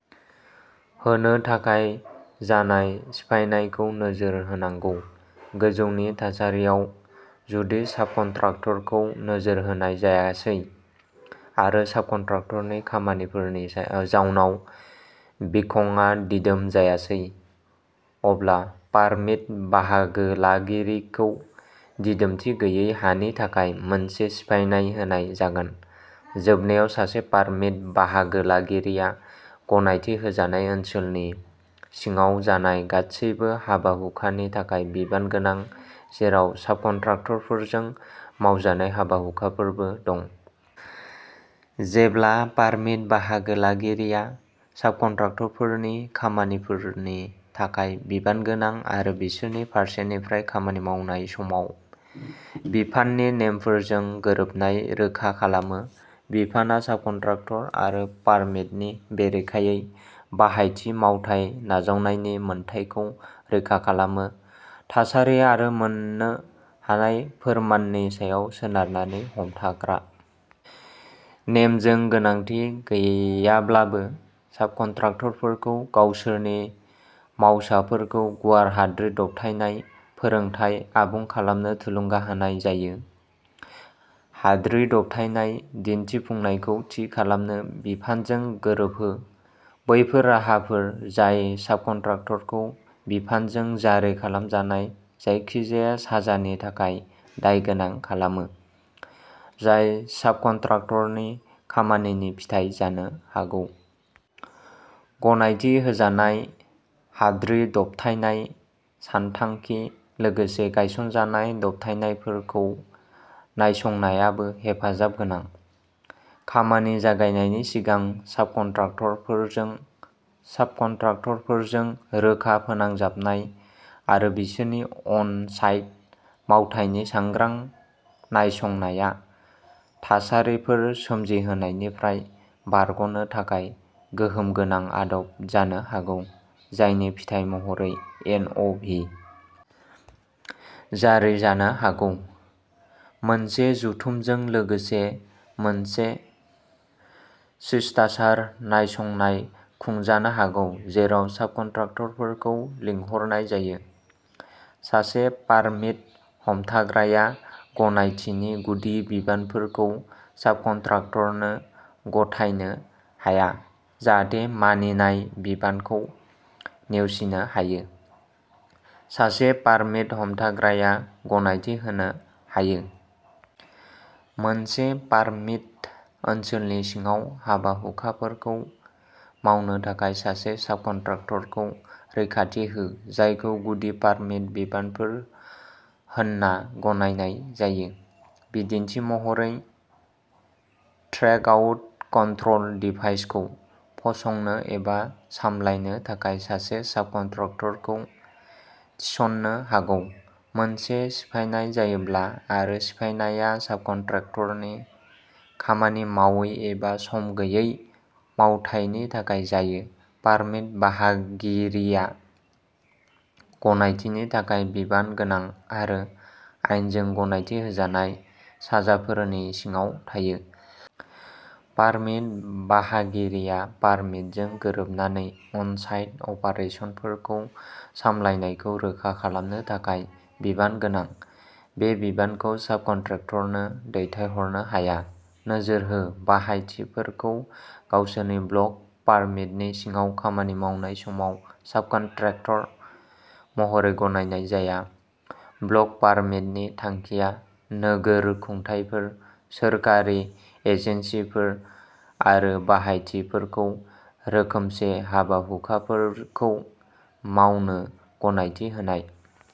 होनो थाखाय जानाय सिफायनायखौ नोजोर होनांगौ। गोजौनि थासारियाव, जुदि साबकन्ट्राक्टरखौ नोजोर होनाय जायासै आरो साबकन्ट्राक्टरनि खामानिफोरनि जाउनाव बिखंआ दिदोम जायासै, अब्ला पारमिट बाहागोलागिरिखौ दिदोमथि गैयै हानि थाखाय मोनसे सिफायनाय होनाय जागोन। जोबनायाव, सासे पारमिट बाहागोलागिरिया गनायथि होजानाय ओनसोलनि सिङाव जानाय गासैबो हाबा-हुखानि थाखाय बिबान गोनां जेराव साबकन्ट्राक्टरफोरजों मावजानाय हाबा-हुखाफोरबो दं। जेब्ला पारमिट बाहागोलागिरिया साबकन्ट्राक्टरफोरनि खामानिफोरनि थाखाय बिबान गोनां आरो बिसोरनि फारसेनिफ्राय खामानि मावनाय समाव बिफाननि नेमफोरजों गोरोबनाय रोखा खालामो, बिफानआ साबकन्ट्राक्टर आरो पारमिटनि बेरेखायै बाहायथि मावथाय नाजावनायनि मोन्थाइखौ रैखा खालामो। थासारि आरो मोन्नो हानाय फोरमाननि सायाव सोनारनानै हमथाग्रा। नेमजों गोनांथि गैयाब्लाबो, साबकन्ट्राक्टरफोरखौ गावसोरनि मावसाफोरखौ गुवार हाद्रि दबथायनाय फोरोंथाय आबुं खालामनो थुलुंगा होनाय जायो। हाद्रि दबथायनाय दिन्थिफुंनायखौ थि खालामनो बिफानजों गोरोबहो। बैफोर राहाफोर जाय साबकन्ट्राक्टरखौ बिफानजों जारि खालामजानाय जायखिजाया साजानि थाखाय दाय गोनां खालामो, जाय साबकन्ट्राक्टरनि खामानिनि फिथाय जानो हागौ। गनायथि होजानाय हाद्रि दबथायनाय सानथांखि, लोगोसे गायसनजानाय दबथायनायफोरखौ नायसंनायाबो हेफाजाब गोनां, खामानि जागायनायनि सिगां साबकन्ट्राक्टरफोरजों। साबकन्ट्राक्टरफोरजों रोखा फोनांजाबनाय आरो बिसोरनि अन-साइट मावथायनि सांग्रां नायसंनाया थासारिफोर सोमजिहोनायनिफ्राय बारग'नो थाखाय गोहोम गोनां आदब जानो हागौ, जायनि फिथाय महरै एन.अ.भि जारि जानो हागौ। मोनसे जथुमजों लोगोसे मोनसे शिष्टाचार नायसंनाय खुंजानो हागौ जेराव साबकन्ट्राक्टरफोरखौ लिंहरनाय जायो। सासे पारमिट हमथाग्राया गनायथिनि गुदि बिबानफोरखौ साबकन्ट्राक्टरनो गथायनो हाया, जाहाथे मानिनाय बिबानखौ नेवसिनो हायो। सासे पारमिट हमथाग्राया गनायथि होनो हायो। मोनसे पारमिट ओनसोलनि सिङाव हाबा-हुखाफोरखौ मावनो थाखाय सासे साबकन्ट्रेक्टरखौ रैखाथि हो जायखौ गुदि पारमिट बिबानफोर होनना गनायनाय जायो। बिदिन्थि महरै, ट्रेकआउट कन्ट्रल डिभाइसखौ फसंनो एबा सामलायनो थाखाय सासे साबकन्ट्रेक्टरखौ थिसननो हागौ। मोनसे सिफायनाय जायोब्ला आरो सिफायनायआ साबकन्ट्रेक्टरनि खामानि मावै एबा सम गैयै मावथायनि थाखाय जायो, पारमिट बाहागिरिया गनायथिनि थाखाय बिबान गोनां आरो आयेनजों गनायथि होजानाय साजाफोरनि सिङाव थायो। पारमिट बाहागिरिया पारमिटजों गोरोबनानै अनसाइट अपारेसनफोरखौ सामलायनायखौ रोखा खालामनो थाखाय बिबान गोनां। बे बिबानखौ साबकन्ट्रेक्टरनो दैथायहरनो हाया। नोजोर होः बाहायथिफोरखौ गावसोरनि ब्लक पारमिटनि सिङाव खामानि मावनाय समाव साबकन्ट्रेक्टर महरै गनायनाय जाया। ब्लक पारमिटनि थांखिया नोगोर खुंथायफोर, सोरखारि एजेन्सिफोर आरो बाहायथिफोरखौ रोखोमसे हाबा-हुखाफोरखौ मावनो गनायथि होनाय।